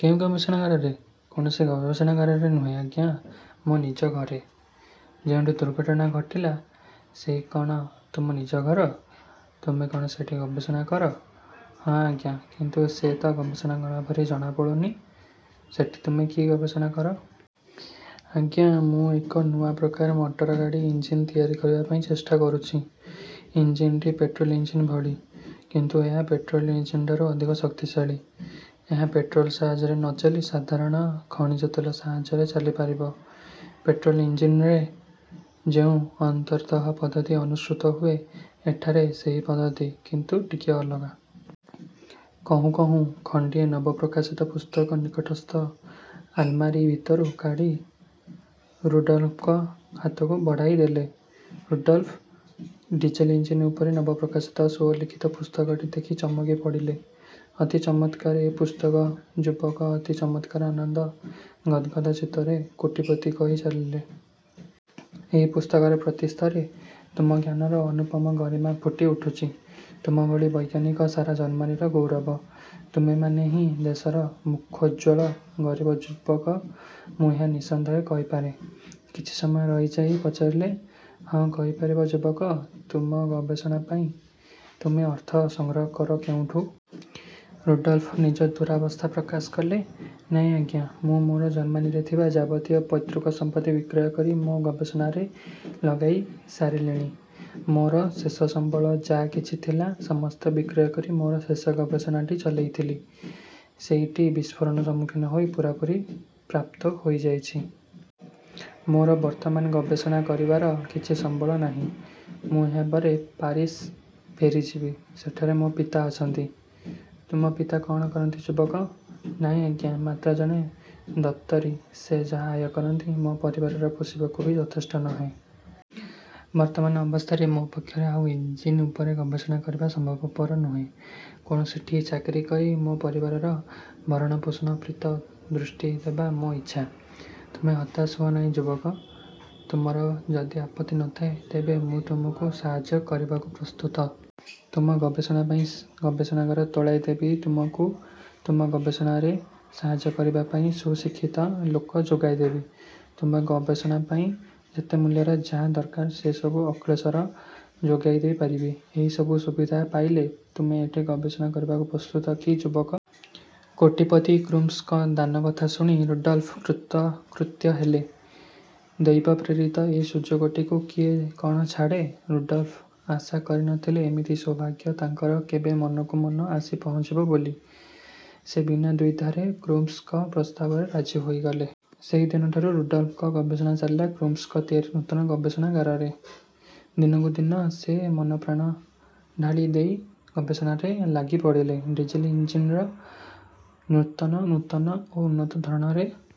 କେଉଁ ଗବେଷଣାଗାରରେ? କୌଣସି ଗବେଷଣାଗାରରେ ନୁହେଁ ଆଜ୍ଞା, ମୋ ନିଜ ଘରେ। ଯେଉଁଠି ଦୁର୍ଘଟନା ଘଟିଲା, ସେହି କ'ଣ ତୁମ ନିଜ ଘର? ତୁମେ କ'ଣ ସେଇଠି ଗବେଷଣ। କର? ହଁ ଆଜ୍ଞା କିନ୍ତୁ ସେ ତ ଗବେଷଣାଗର ଭଳି ଜଣା ପଡ଼ୁନି? ସେଠି ତୁମେ କି ଗବେଷଣା କର? ଆଜ୍ଞା, ମୁଁ ଏକ ନୂଆ ପ୍ରକାର ମଟରଗାଡ଼ି ଇଞ୍ଜିନ୍ ତିଆରି କରିବା ପାଇଁ ଚେଷ୍ଟା କରୁଛି। ଇଞ୍ଜିନଟି ପେଟ୍ରୋଲ ଇଞ୍ଜିନ୍ ଭଳି। କିନ୍ତୁ ଏହା ପେଟ୍ରୋଲ ଇଞ୍ଜିନ୍ଠାରୁ ଅଧିକ ଶକ୍ତିଶଳୀ। ଏହା ପେଟ୍ରୋଲ ସାହାଯ୍ୟରେ ନ ଚାଲି ସାଧାରଣ ଖଣିଜ ତେଲ ସାହାଯ୍ୟରେ ଚାଲିପାରିବ। ପେଟ୍ରୋଲ ଇଞ୍ଜିନ୍ରେ ଯେଉଁ ଅନ୍ତର୍ଦହ ପଦ୍ଧତି ଅନୁସୃତ ହୁଏ ଏଠାରେ ସେହି ପଦ୍ଧତି କିନ୍ତୁ ଟିକିଏ ଅଲଗା। କହୁଁ କହୁଁ ଖଣ୍ଡିଏ ନବ ପ୍ରକାଶିତ ପୁସ୍ତକ ନିକଟସ୍ଥ ଆଲମାରୀ ଭିତରୁ କାଢ଼ି ରୁଡ଼ଲ୍ଫଙ୍କ ହାତକୁ ବଢ଼ାଇଦେଲେ। ରୁଡ଼ଲଫ ଡିଜେଲ ଇଞ୍ଜିନ୍ ଉପରେ ନବ ପ୍ରକାଶିତ ସ୍ୱଲିଖିତ ପୁସ୍ତକଟି ଦେଖି ଚମକି ପଡ଼ିଲେ। ଅତି ଚମତ୍କାର ଏ ପୁସ୍ତକ ଯୁବକ ଅତି ଚମତ୍କାର ଆନନ୍ଦ ଗଦ୍ଗଦ୍ ଚିତ୍ତରେ କୋଟିପତି କହି ଚାଲିଲେ। ଏହି ପୁସ୍ତକର ପ୍ରତି ସ୍ତରେ ତୁମ ଜ୍ଞାନର ଅନୁପମ ଗରିମା ଫୁଟି ଉଠୁଛି । ତୁମଭଳି ବୈଜ୍ଞାନିକ ସାରା ଜର୍ମାନୀର ଗୌରବ, ତୁମେମାନେହିଁ ଦେଶର ମୁଖୋଜ୍ଜ୍ୱଳ ଗରିବ ଯୁବକ, ମୁଁ ଏହା ନିଃସନ୍ଦେହରେ କହିପାରେ। କିଛି ସମୟ ରହି ଯାଇ ପଚାରିଲେ। ହଁ, କହିପାରିବ ଯୁବକ, ତୁମ ଗବେଷଣା ପାଇଁ ତୁମେ ଅର୍ଥ ସଂଗ୍ରହ କର କେଉଁଠୁ? ରୁଡ଼ଲ୍ଫ ନିଜ ଦୂରବସ୍ଥା ପ୍ରକାଶ କଲେ, ନାଇଁ ଆଜ୍ଞା, ମୁଁ ମୋର ଜର୍ମ୍ମାନୀରେ ଥିବା ଯାବତୀୟ ପୈତୃକ ସମ୍ପତ୍ତି ବିକ୍ରୟକରି ମୋ ଗବେଷଣାରେ ଲଗାଇ ସାରିଲିଣି। ମୋର ଶେଷ ସମ୍ବଳ ଯା କିଛି ଥିଲା, ସମସ୍ତ ବିକ୍ରୟ କରି ମୋର ଶେଷ ଗବେଷଣାଟି ଚଳାଇଥିଲି। ସେଇଟି ବିସ୍ଫୋରଣ ସମ୍ମୁଖୀନ ହୋଇ ପୂରାପୂରି ପ୍ରାପ୍ତ ହୋଇଯାଇଛି। ମୋର ବର୍ତ୍ତମାନ ଗବେଷଣା କରିବାର କିଛି ସମ୍ବଳ ନାହିଁ। ମୁଁ ଏହାପରେ ପାରିସ୍ ଫେରିଯିବି। ସେଠାରେ ମୋ ପିତା ଅଛନ୍ତି। ତୁମ ପିତା କ'ଣ କରନ୍ତି ଯୁବକ? ନାଇଁ ଆଜ୍ଞା, ମାତ୍ର ଜଣେ ଦପ୍ତରୀ ସେ ଯାହା ଆୟ କରନ୍ତି, ଆମ ପରିବାରର ପୋଷିବାକୁ ବି ଯଥେଷ୍ଟ ନୁହେଁ। ବର୍ତ୍ତମାନ ଅବସ୍ଥାରେ ମୋ ପକ୍ଷରେ ଆଉ ଇନ୍ଜିନ୍ ଉପରେ ଗବେଷଣା କରିବା ସମ୍ଭବପର ନୁହେଁ। କୌଣସିଠି ଚାକିରି କରି ମୋ ପରିବାରର ଭରଣପୋଷଣ ପ୍ରିତ ଦୃଷ୍ଟି ଦେବା ମୋ ଇଚ୍ଛା। ତୁମେ ହତାଶ ହୁଅ ନାହିଁ ଯୁବକ। ତୁମର ଯଦି ଆପତ୍ତି ନ ଥାଏ ତେବେ ମୁଁ ତୁମକୁ ସାହାଯ୍ୟ କରିବାକୁ ପ୍ରସ୍ତୁତ। ତୁମ ଗବେଷଣା ପାଇଁ ଗବେଷଣାଗାର ତୋଳାଇ ଦେବି ତୁମକୁ ତୁମ ଗବେଷଣାରେ ସାହାଯ୍ୟ କରିବା ପାଇଁ ସୁଶିକ୍ଷିତ ଲୋକ ଯୋଗାଇ ଦେବି। ତୁମ ଗବେଷଣା ପାଇଁ ଯେତେ ମୂଲ୍ୟର ଯାହା ଦରକାର ସେସବୁ ଅକ୍ଳେଶର ଯୋଗାଇ ଦେଇ ପାରିବି। ଏହି ସବୁ ସୁବିଧା ପାଇଲେ ତୁମେ ଏଠି ଗବେଷଣା କରିବାକୁ ପ୍ରସ୍ତୁତ କି ଯୁବକ? କୋଟିପତି କ୍ରୁପ୍ସଙ୍କ ଦାନକଥା ଶୁଣି ରୁଡ଼ଲ୍ଫ କୃତକୃତ୍ୟ ହେଲେ। ଦୈବପ୍ରେରିତ ଏ ସୁଯୋଗଟିକୁ କିଏ କ'ଣ ଛାଡ଼େ? ରୁଡ଼ଲ୍ଫ ଆଶା କରି ନଥିଲେ ଏମିତି ସୌଭାଗ୍ୟ ତାଙ୍କର କେବେ ମନକୁ ମନ ଆସି ପହଞ୍ଚିବ ବୋଲି। ସେ ବିନା ଦ୍ୱିଧାରେ କ୍ରୁପ୍ସଙ୍କ ପ୍ରସ୍ତାବରେ ରାଜି ହୋଇଗଲେ। ସେହିଦିନଠାରୁ ରୁଡ଼ଲ୍ଫଙ୍କ ଗବେଷଣା ଚାଲିଲା କ୍ରୁପ୍ସଙ୍କ ତିଆରି ନୂତନ ଗବେଷଣାଗାରରେ। ଦିନକୁଦିନ ସେ ମନଃପ୍ରାଣ ଢାଳି ଦେଇ ଗବେଷଣାରେ ଲାଗି ପଡ଼ିଲେ। ଡିଜେଲ ଇଞ୍ଜିନ୍ର ନୂତନ ନୂତନ ଓ ଉନ୍ନତ ଧରଣରେ